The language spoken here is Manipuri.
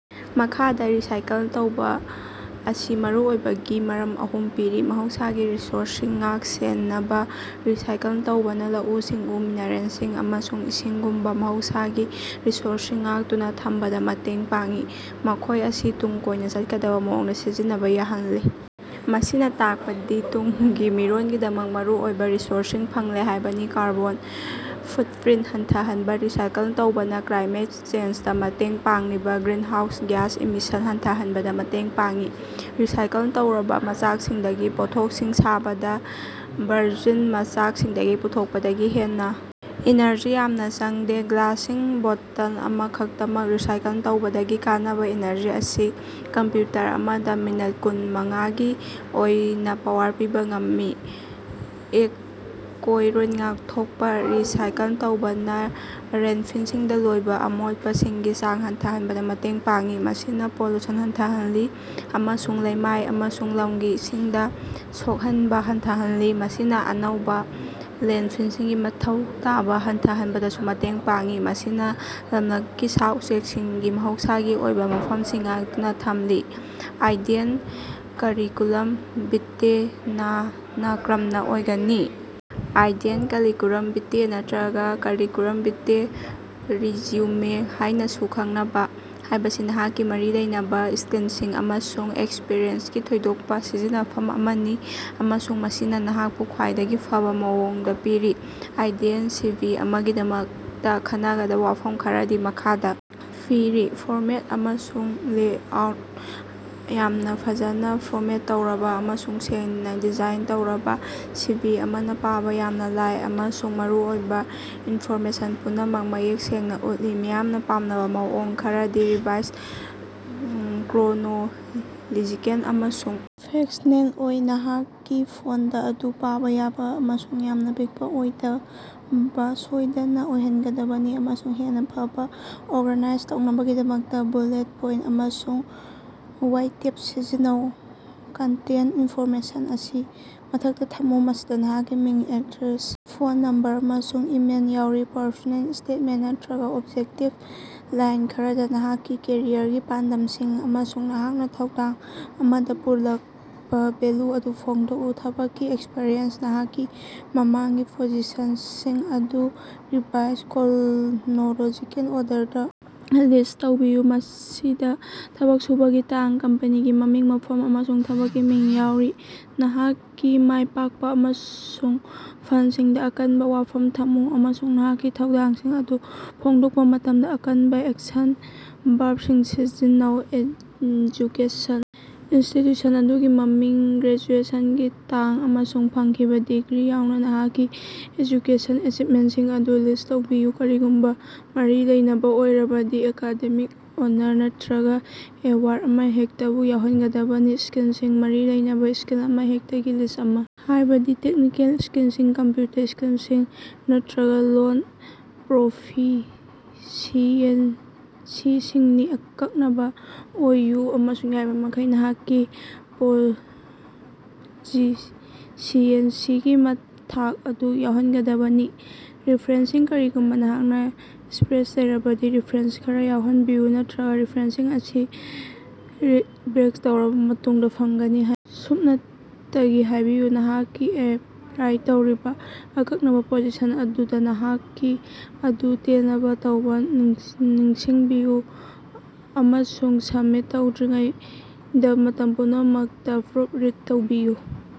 ꯃꯈꯥꯗ ꯔꯤꯁꯥꯏꯀꯜ ꯇꯧꯕꯥ ꯑꯁꯤ ꯃꯔꯨꯑꯣꯏꯕꯒꯤ ꯃꯔꯝ ꯑꯍꯨꯝ ꯄꯤꯔꯤ - ꯃꯍꯧꯁꯥꯒꯤ ꯔꯤꯁꯣꯔꯁꯁꯤꯡ ꯉꯥꯛ-ꯁꯦꯅꯕ - ꯔꯤꯁꯥꯏꯀꯜ ꯇꯧꯕꯅ ꯂꯧꯎ-ꯁꯤꯡꯎ, ꯃꯤꯅꯔꯦꯜꯁꯤꯡ, ꯑꯃꯁꯨꯡ ꯏꯁꯤꯡꯒꯨꯝꯕ ꯃꯍꯧꯁꯥꯒꯤ ꯔꯤꯁꯣꯔꯁꯁꯤꯡ ꯉꯥꯛꯇꯨꯅ ꯊꯝꯕꯗ ꯃꯇꯦꯡ ꯄꯥꯡꯏ, ꯃꯈꯣꯏ ꯑꯁꯤ ꯇꯨꯡ ꯀꯣꯏꯅ ꯆꯠꯀꯗꯕ ꯃꯑꯣꯡꯗ ꯁꯤꯖꯤꯟꯅꯕ ꯌꯥꯍꯜꯂꯤ꯫ ꯃꯁꯤꯅ ꯇꯥꯛꯄꯗꯤ ꯇꯨꯡꯒꯤ ꯃꯤꯔꯣꯜꯒꯤꯗꯃꯛ ꯃꯔꯨꯑꯣꯏꯕ ꯔꯤꯁꯣꯔꯁꯁꯤꯡ ꯐꯪꯂꯦ ꯍꯥꯏꯕꯅꯤ꯫ ꯀꯥꯔꯕꯣꯟ ꯐꯨꯠꯄ꯭ꯔꯤꯟꯇ ꯍꯟꯊꯍꯟꯕ - ꯔꯤꯁꯥꯏꯀꯜ ꯇꯧꯕꯅ ꯀ꯭ꯂꯥꯏꯃꯦꯠ ꯆꯦꯟꯖꯗ ꯃꯇꯦꯡ ꯄꯥꯡꯂꯤꯕ ꯒ꯭ꯔꯤꯟꯍꯥꯎꯁ ꯒ꯭ꯌꯥꯁ ꯏꯃꯤꯁꯟ ꯍꯟꯊꯍꯟꯕꯗ ꯃꯇꯦꯡ ꯄꯥꯡꯏ꯫ ꯔꯤꯁꯥꯏꯀꯜ ꯇꯧꯔꯕ ꯃꯆꯥꯛꯁꯤꯡꯗꯒꯤ ꯄꯣꯠꯊꯣꯛꯁꯤꯡ ꯁꯥꯕꯗ ꯚꯥꯔꯖꯤꯟ ꯃꯆꯥꯛꯁꯤꯡꯗꯒꯤ ꯄꯨꯊꯣꯛꯄꯗꯒꯤ ꯍꯦꯟꯅ ꯏꯅꯔꯖꯤ ꯌꯥꯝꯅ ꯆꯪꯗꯦ꯫ ꯒ꯭ꯂꯥꯁꯀꯤ ꯕꯣꯇꯜ ꯑꯃꯈꯛꯇꯃꯛ ꯔꯤꯁꯥꯏꯀꯜ ꯇꯧꯕꯗꯒꯤ ꯀꯥꯟꯅꯕ ꯑꯦꯅꯔꯖꯤ ꯑꯁꯤ ꯀꯝꯄ꯭ꯌꯨꯇꯔ ꯑꯃꯗ ꯃꯤꯅꯠ ꯀꯨꯟ ꯃꯉꯥꯒꯤ ꯑꯣꯏꯅ ꯄꯥꯋꯔ ꯄꯤꯕ ꯉꯝꯃꯤ꯫ ꯑꯀꯣꯏꯔꯣꯟ ꯉꯥꯛꯊꯣꯛꯄ - ꯔꯤꯁꯥꯏꯀꯜ ꯇꯧꯕꯅ ꯂꯦꯟꯗꯐꯤꯜꯁꯤꯡꯗ ꯂꯣꯏꯕ ꯑꯃꯣꯠꯄꯁꯤꯡꯒꯤ ꯆꯥꯡ ꯍꯟꯊꯍꯟꯕꯗ ꯃꯇꯦꯡ ꯄꯥꯡꯏ, ꯃꯁꯤꯅ ꯄꯣꯂꯨꯁꯟ ꯍꯟꯊꯍꯜꯂꯤ ꯑꯃꯁꯨꯡ ꯂꯩꯃꯥꯏ ꯑꯃꯁꯨꯡ ꯂꯝꯒꯤ ꯏꯁꯤꯡꯗ ꯁꯣꯛꯍꯟꯕ ꯍꯟꯊꯍꯜꯂꯤ꯫ ꯃꯁꯤꯅ ꯑꯅꯧꯕ ꯂꯦꯟꯗꯐꯤꯜꯁꯤꯡꯒꯤ ꯃꯊꯧ ꯇꯥꯕ ꯍꯟꯊꯍꯟꯕꯗꯁꯨ ꯃꯇꯦꯡ ꯄꯥꯡꯏ, ꯃꯁꯤꯅ ꯂꯝꯂꯛꯀꯤ ꯁꯥ-ꯎꯆꯦꯛꯁꯤꯡꯒꯤ ꯃꯍꯧꯁꯥꯒꯤ ꯑꯣꯏꯕ ꯃꯐꯝꯁꯤꯡ ꯉꯥꯛꯇꯨꯅ ꯊꯝꯂꯤ꯫ ꯑꯥꯏꯗꯤꯌꯥꯜ ꯀꯔꯤꯀꯨꯂꯝ ꯚꯤꯇꯦ ꯅꯥ ꯅꯀꯔꯝꯅ ꯑꯣꯏꯒꯅꯤ? ꯑꯥꯏꯗꯤꯌꯥꯜ ꯀꯔꯤꯀꯨꯂꯝ ꯚꯤꯇꯦ ꯅꯠꯇꯔꯒ ꯀꯔꯤꯀꯨꯂꯝ ꯚꯤꯇꯦ ꯔꯤꯖ꯭ꯌꯨꯃꯦ ꯍꯥꯏꯅꯁꯨ ꯈꯪꯅꯕ ꯍꯥꯏꯕꯁꯤ ꯅꯍꯥꯛꯀꯤ ꯃꯔꯤ ꯂꯩꯅꯕ ꯁ꯭ꯀꯤꯜꯁꯤꯡ ꯑꯃꯁꯨꯡ ꯑꯦꯛꯁꯄꯤꯔꯤꯑꯦꯟꯁꯀꯤ ꯊꯣꯏꯗꯣꯛꯄ ꯁꯝꯖꯤꯟꯅꯐꯝ ꯑꯃꯅꯤ ꯑꯃꯁꯨꯡ ꯃꯁꯤꯅ ꯅꯍꯥꯛꯄꯨ ꯈ꯭ꯋꯥꯏꯗꯒꯤ ꯐꯕꯥ ꯃꯑꯣꯡꯗ ꯄꯤꯔꯤ꯫ ꯑꯥꯏꯗꯤꯌꯥꯜ ꯁꯤꯚꯤ ꯑꯃꯒꯤꯗꯃꯛꯇ ꯈꯟꯅꯒꯗꯕ ꯋꯥꯐꯝ ꯈꯔꯗꯤ ꯃꯈꯥꯗ ꯄꯤꯔꯤ - ꯐꯣꯔꯃꯦꯠ ꯑꯃꯁꯨꯡ ꯂꯦꯑꯥꯎꯠ - ꯌꯥꯝꯅ ꯐꯖꯅ ꯐꯣꯔꯃꯦꯠ ꯇꯧꯔꯕ ꯑꯃꯁꯨꯡ ꯁꯦꯡꯅ ꯗꯤꯖꯥꯏꯟ ꯇꯧꯔꯕ ꯁꯤꯚꯤ ꯑꯃꯅ ꯄꯥꯕ ꯌꯥꯝꯅ ꯂꯥꯏ ꯑꯃꯁꯨꯡ ꯃꯔꯨꯑꯣꯏꯕ ꯏꯟꯐꯣꯔꯃꯦꯁꯟ ꯄꯨꯝꯅꯃꯛ ꯃꯌꯦꯛ ꯁꯦꯡꯅ ꯎꯠꯂꯤ꯫ ꯃꯤꯌꯥꯝꯅ ꯄꯥꯝꯅꯕ ꯃꯑꯣꯡ ꯈꯔꯗꯤ ꯔꯤꯚꯥꯔꯁ ꯀ꯭ꯔꯣꯅꯣꯂꯣꯖꯤꯀꯦꯜ ꯑꯃꯁꯨꯡ ꯐꯪꯛꯁ꯭ꯅꯦꯜ ꯑꯣꯏ꯫ ꯅꯍꯥꯛꯀꯤ ꯐꯣꯟꯇ ꯑꯗꯨ ꯄꯥꯕ ꯌꯥꯕ ꯑꯃꯁꯨꯡ ꯌꯥꯝꯅ ꯄꯤꯛꯄ ꯑꯣꯏꯗꯕ ꯁꯣꯏꯗꯅ ꯑꯣꯏꯍꯟꯒꯗꯕꯅꯤ, ꯑꯃꯁꯨꯡ ꯍꯦꯟꯅ ꯐꯕ ꯑꯣꯔꯒꯥꯅꯥꯏꯖ ꯇꯧꯅꯕꯒꯤꯗꯃꯛ ꯕꯨꯂꯦꯠ ꯄꯣꯏꯟꯇ ꯑꯃꯁꯨꯡ ꯋꯥꯏꯇꯦꯞ ꯁꯤꯖꯤꯟꯅꯧ꯫ ꯀꯟꯇꯦꯛꯇ ꯏꯟꯐꯣꯔꯃꯦꯁꯟ - ꯑꯁꯤ ꯃꯊꯛꯇ ꯊꯝꯃꯨ, ꯃꯁꯤꯗ ꯅꯍꯥꯛꯀꯤ ꯃꯤꯡ, ꯑꯦꯗ꯭ꯔꯦꯁ, ꯐꯣꯟ ꯅꯝꯕꯔ, ꯑꯃꯁꯨꯡ ꯏꯃꯦꯏꯜ ꯌꯥꯎꯔꯤ꯫ ꯄꯔꯁꯣꯅꯦꯜ ꯁ꯭ꯇꯦꯠꯃꯦꯟꯇ ꯅꯠꯇꯔꯒ ꯑꯣꯕꯖꯦꯛꯇꯤꯕ - ꯂꯥꯏꯟ ꯈꯔꯗ, ꯅꯍꯥꯛꯀꯤ ꯀꯦꯔꯤꯌꯔꯒꯤ ꯄꯥꯟꯗꯝꯁꯤꯡ ꯑꯃꯁꯨꯡ ꯅꯍꯥꯛꯅ ꯊꯧꯗꯥꯡ ꯑꯃꯗ ꯄꯨꯔꯛꯄ ꯚꯦꯂ꯭ꯌꯨ ꯑꯗꯨ ꯐꯣꯡꯗꯣꯛꯎ꯫ ꯊꯕꯛꯀꯤ ꯑꯦꯛꯁꯄꯤꯔꯤꯑꯦꯟꯁ - ꯅꯍꯥꯛꯀꯤ ꯃꯃꯥꯡꯒꯤ ꯄꯣꯖꯤꯁꯟꯁꯤꯡ ꯑꯗꯨ ꯔꯤꯚꯔꯁ ꯀ꯭ꯔꯣꯅꯣꯂꯣꯖꯤꯀꯦꯜ ꯑꯣꯔꯗꯔꯗ ꯂꯤꯁ꯭ꯠ ꯇꯧꯕꯤꯌꯨ, ꯃꯁꯤꯗ ꯊꯕꯛ ꯁꯨꯕꯒꯤ ꯇꯥꯡ, ꯀꯝꯄꯅꯤꯒꯤ ꯃꯃꯤꯡ, ꯃꯐꯝ, ꯑꯃꯁꯨꯡ ꯊꯕꯛꯀꯤ ꯃꯤꯡ ꯌꯥꯎꯔꯤ꯫ ꯅꯍꯥꯛꯀꯤ ꯃꯥꯏ ꯄꯥꯛꯄ ꯑꯃꯁꯨꯡ ꯐꯜꯁꯤꯡꯗ‌ ꯑꯀꯟꯕ ꯋꯥꯐꯝ ꯊꯝꯃꯨ, ꯑꯃꯁꯨꯡ ꯅꯍꯥꯛꯀꯤ ꯊꯧꯗꯥꯡꯁꯤꯡ ꯑꯗꯨ ꯐꯣꯡꯗꯣꯛꯄ ꯃꯇꯝꯗ ꯑꯀꯟꯕ ꯑꯦꯛꯁꯟ ꯕꯔꯕꯁꯤꯡ ꯁꯤꯖꯤꯟꯅꯧ꯫ ꯑꯦꯖꯨꯀꯦꯁꯟ - ꯏꯟꯁꯇꯤꯇ꯭ꯌꯨꯁꯟ ꯑꯗꯨꯒꯤ ꯃꯃꯤꯡ, ꯒ꯭ꯔꯦꯖꯨꯑꯦꯁꯟꯒꯤ ꯇꯥꯡ, ꯑꯃꯁꯨꯡ ꯐꯪꯈꯤꯕ ꯗꯤꯒ꯭ꯔꯤ ꯌꯥꯎꯅ ꯅꯍꯥꯛꯀꯤ ꯑꯦꯖꯨꯀꯦꯁꯅꯦꯜ ꯑꯦꯆꯤꯚꯃꯦꯟꯇꯁꯤꯡ ꯑꯗꯨ ꯂꯤꯁ꯭ꯠ ꯇꯧꯕꯤꯌꯨ꯫ ꯀꯔꯤꯒꯨꯝꯕ ꯃꯔꯤ ꯂꯩꯅꯕ ꯑꯣꯏꯔꯕꯗꯤ, ꯑꯦꯀꯥꯗꯦꯃꯤꯛ ꯑꯣꯅꯔ ꯅꯠꯇꯔꯒ ꯑꯦꯋꯥꯔꯗ ꯑꯃꯍꯦꯛꯇꯕꯨ ꯌꯥꯎꯍꯟꯒꯗꯕꯅꯤ꯫ ꯁ꯭ꯀꯤꯜꯁꯤꯡ - ꯃꯔꯤ ꯂꯩꯅꯕ ꯁ꯭ꯀꯤꯜ ꯑꯃꯍꯦꯛꯇꯒꯤ ꯂꯤꯁ꯭ꯠ ꯑꯃ, ꯍꯥꯏꯕꯗꯤ ꯇꯦꯛꯅꯤꯀꯦꯜ ꯁ꯭ꯀꯤꯜꯁꯤꯡ, ꯀꯝꯄ꯭ꯌꯨꯇꯔ ꯁ꯭ꯀꯤꯜꯁꯤꯡ, ꯅꯠꯇꯔꯒ ꯂꯣꯜ ꯄ꯭ꯔꯣꯐꯤꯁꯤꯑꯦꯟꯁꯤꯁꯤꯡꯅꯤ꯫ ꯑꯀꯛꯅꯕ ꯑꯣꯏꯌꯨ ꯑꯃꯁꯨꯡ ꯌꯥꯔꯤꯕꯃꯈꯩ ꯅꯍꯥꯛꯀꯤ ꯄ꯭ꯔꯣꯐꯤꯁꯤꯑꯦꯟꯁꯤꯒꯤ ꯊꯥꯛ ꯑꯗꯨ ꯌꯥꯎꯍꯟꯒꯗꯕꯅꯤ꯫ ꯔꯦꯐꯥꯔꯦꯟꯁꯁꯤꯡ -ꯀꯔꯤꯒꯨꯝꯕ ꯅꯍꯥꯛꯅ ꯁ꯭ꯄꯦꯁ ꯂꯩꯔꯕꯗꯤ, ꯔꯦꯐꯥꯔꯦꯟꯁ ꯈꯔꯥ ꯌꯥꯎꯍꯟꯕꯤꯌꯨ, ꯅꯠꯇꯔꯒ ꯔꯤꯐꯔꯦꯟꯁꯁꯤꯡ ꯑꯁꯤ ꯔꯤꯛꯕꯦꯁ꯭ꯠ ꯇꯧꯔꯕ ꯃꯇꯨꯡꯗ ꯐꯪꯒꯅꯤ ꯍꯥꯏꯅ ꯁꯨꯞꯅꯇꯒꯤ ꯍꯥꯏꯕꯤꯌꯨ꯫ ꯅꯍꯥꯛꯅ ꯑꯦꯄ꯭ꯂꯥꯏ ꯇꯧꯔꯤꯕ ꯑꯀꯛꯅꯕ ꯄꯣꯖꯤꯁꯟ ꯑꯗꯨꯗ‌ ꯅꯍꯥꯛꯀꯤ ꯑꯗꯨ ꯇꯦꯜꯂꯔ ꯇꯧꯕ ꯅꯤꯡꯁꯤꯡꯕꯤꯌꯨ, ꯑꯃꯁꯨꯡ ꯁꯕꯃꯤꯠ ꯇꯧꯗ꯭ꯔꯤꯉꯩꯗ ꯃꯇꯝ ꯄꯨꯝꯅꯃꯛꯇ ꯄ꯭ꯔꯨꯐ ꯔꯤꯗ ꯇꯧꯕꯤꯌꯨ꯫